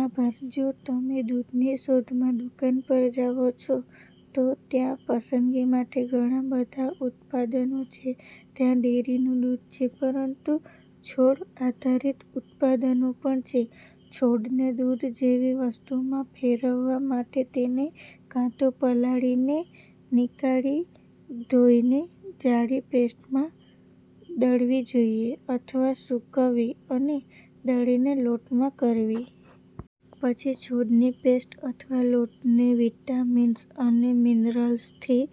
આભાર. જો તમે દૂધની શોધમાં દુકાન પર જાઓ છો, તો ત્યાં પસંદગી માટે ઘણા બધા ઉત્પાદનો છે. ત્યાં ડેરીનું દૂધ છે, પરંતુ છોડ આધારિત ઉત્પાદનો પણ છે. છોડને દૂધ જેવી વસ્તુમાં ફેરવવા માટે, તેને કાં તો પલાળીને, નીકાળી, ધોઈને જાડી પેસ્ટમાં દળવી જોઈએ, અથવા સૂકવી, અને દળીને લોટમાં કરવી. પછી છોડની પેસ્ટ અથવા લોટને વિટામિન્સ અને મિનરલ્સથી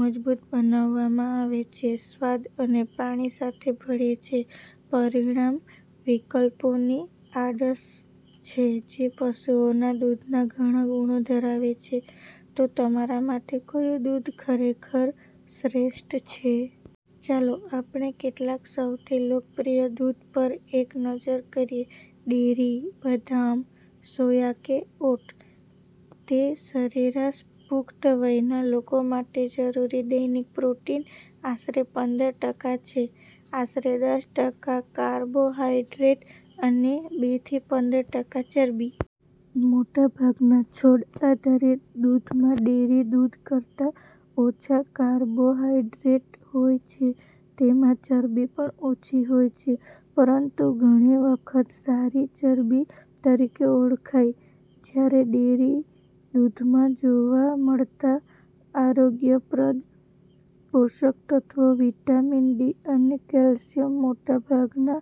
મજબૂત બનાવવામાં આવે છે, સ્વાદ, અને પાણી સાથે ભળે છે. પરિણામ વિકલ્પોની આડશ છે જે પશુઓના દૂધના ઘણા ગુણો ધરાવે છે. તો તમારા માટે કયું દૂધ ખરેખર શ્રેષ્ઠ છે? ચાલો આપણે કેટલાક સૌથી લોકપ્રિય દૂધ પર એક નજર કરીએ: ડેરી, બદામ, સોયા કે ઓટ? તે સરેરાશ પુખ્ત વયના લોકો માટે જરૂરી દૈનિક પ્રોટીન આશરે પંદર ટકા છે, આશરે દસ ટકા કાર્બોહાઈડ્રેટ અને બે થી પંદર ટકા ચરબી. મોટાભાગના છોડ આધારિત દૂધમાં ડેરી દૂધ કરતાં ઓછા કાર્બોહાઇડ્રેટ હોય છે. તેમાં ચરબી પણ ઓછી હોય છે, પરંતુ ઘણી વખત "સારી ચરબી" તરીકે ઓળખાય. જ્યારે, ડેરી દૂધમાં જોવા મળતા આરોગ્યપ્રદ પોષક તત્વો વિટામિન ડી અને કેલ્શિયમ મોટાભાગના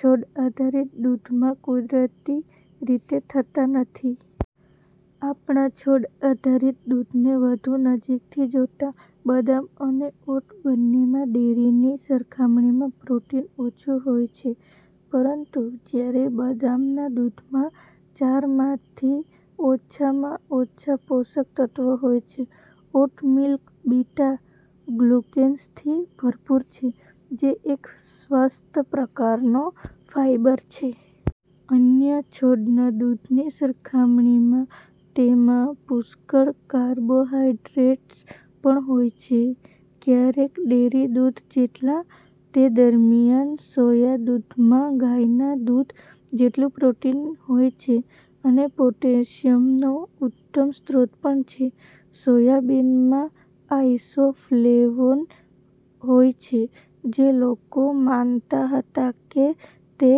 છોડ આધારિત દૂધમાં કુદરતી રીતે થતા નથી. આપણા છોડ આધારિત દૂધને વધુ નજીકથી જોતાં, બદામ અને ઓટ બંનેમાં ડેરીની સરખામણીમાં પ્રોટીન ઓછું હોય છે. પરંતુ જ્યારે બદામના દૂધમાં ચારમાંથી ઓછામાં ઓછા પોષક તત્વો હોય છે, ઓટ મિલ્ક બીટા-ગ્લુકેન્સથી ભરપૂર છે, જે એક સ્વસ્થ પ્રકારનો ફાઇબર છે. અન્ય છોડના દૂધની સરખામણીમાં તેમાં પુષ્કળ કાર્બોહાઇડ્રેટ્સ પણ હોય છે- ક્યારેક ડેરી દૂધ જેટલા. તે દરમિયાન, સોયા દૂધમાં ગાયના દૂધ જેટલું પ્રોટીન હોય છે અને પોટેશિયમનો ઉત્તમ સ્ત્રોત પણ છે. સોયાબીનમાં આઇસોફ્લેવોન હોય છે, જે લોકો માનતા હતા કે, તે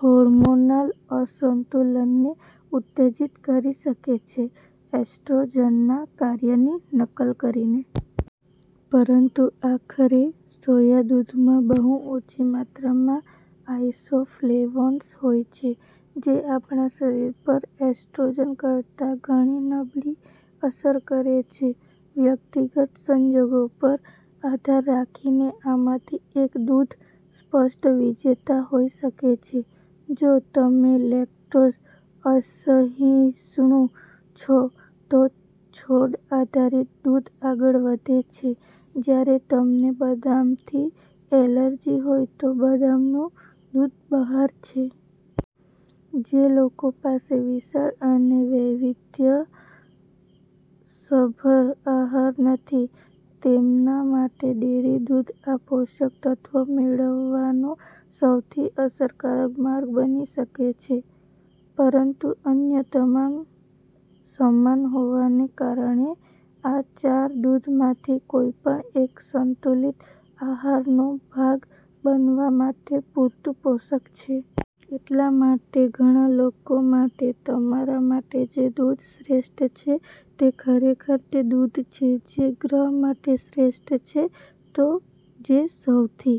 હોર્મોનલ અસંતુલનને ઉત્તેજિત કરી શકે છે એસ્ટ્રોજનના કાર્યની નકલ કરીને. પરંતુ આખરે, સોયા દૂધમાં બહુ ઓછી માત્રામાં આઇસોફ્લેવોન્સ હોય છે, જે આપણા શરીર પર એસ્ટ્રોજન કરતાં ઘણી નબળી અસર કરે છે. વ્યક્તિગત સંજોગો પર આધાર રાખીને, આમાંથી એક દૂધ સ્પષ્ટ વિજેતા હોઈ શકે છે: જો તમે લેક્ટોઝ અસહિષ્ણુ છો, તો છોડ આધારિત દૂધ આગળ વધે છે, જ્યારે તમને બદામથી એલર્જી હોય, તો બદામનું દૂધ બહાર છે. જે લોકો પાસે વિશાળ અને વૈવિધ્યસભર આહાર નથી, તેમના માટે ડેરી દૂધ, આ પોષક તત્વો મેળવવાનો સૌથી અસરકારક માર્ગ બની શકે છે પરંતુ અન્ય તમામ સમાન હોવાને કારણે, આ ચાર દૂધમાંથી કોઈપણ એક સંતુલિત આહારનો ભાગ બનવા માટે પૂરતું પોષક છે. એટલા માટે ઘણા લોકો માટે, તમારા માટે જે દૂધ શ્રેષ્ઠ છે તે ખરેખર તે દૂધ છે જે ગ્રહ માટે શ્રેષ્ઠ છે. તો જે સૌથી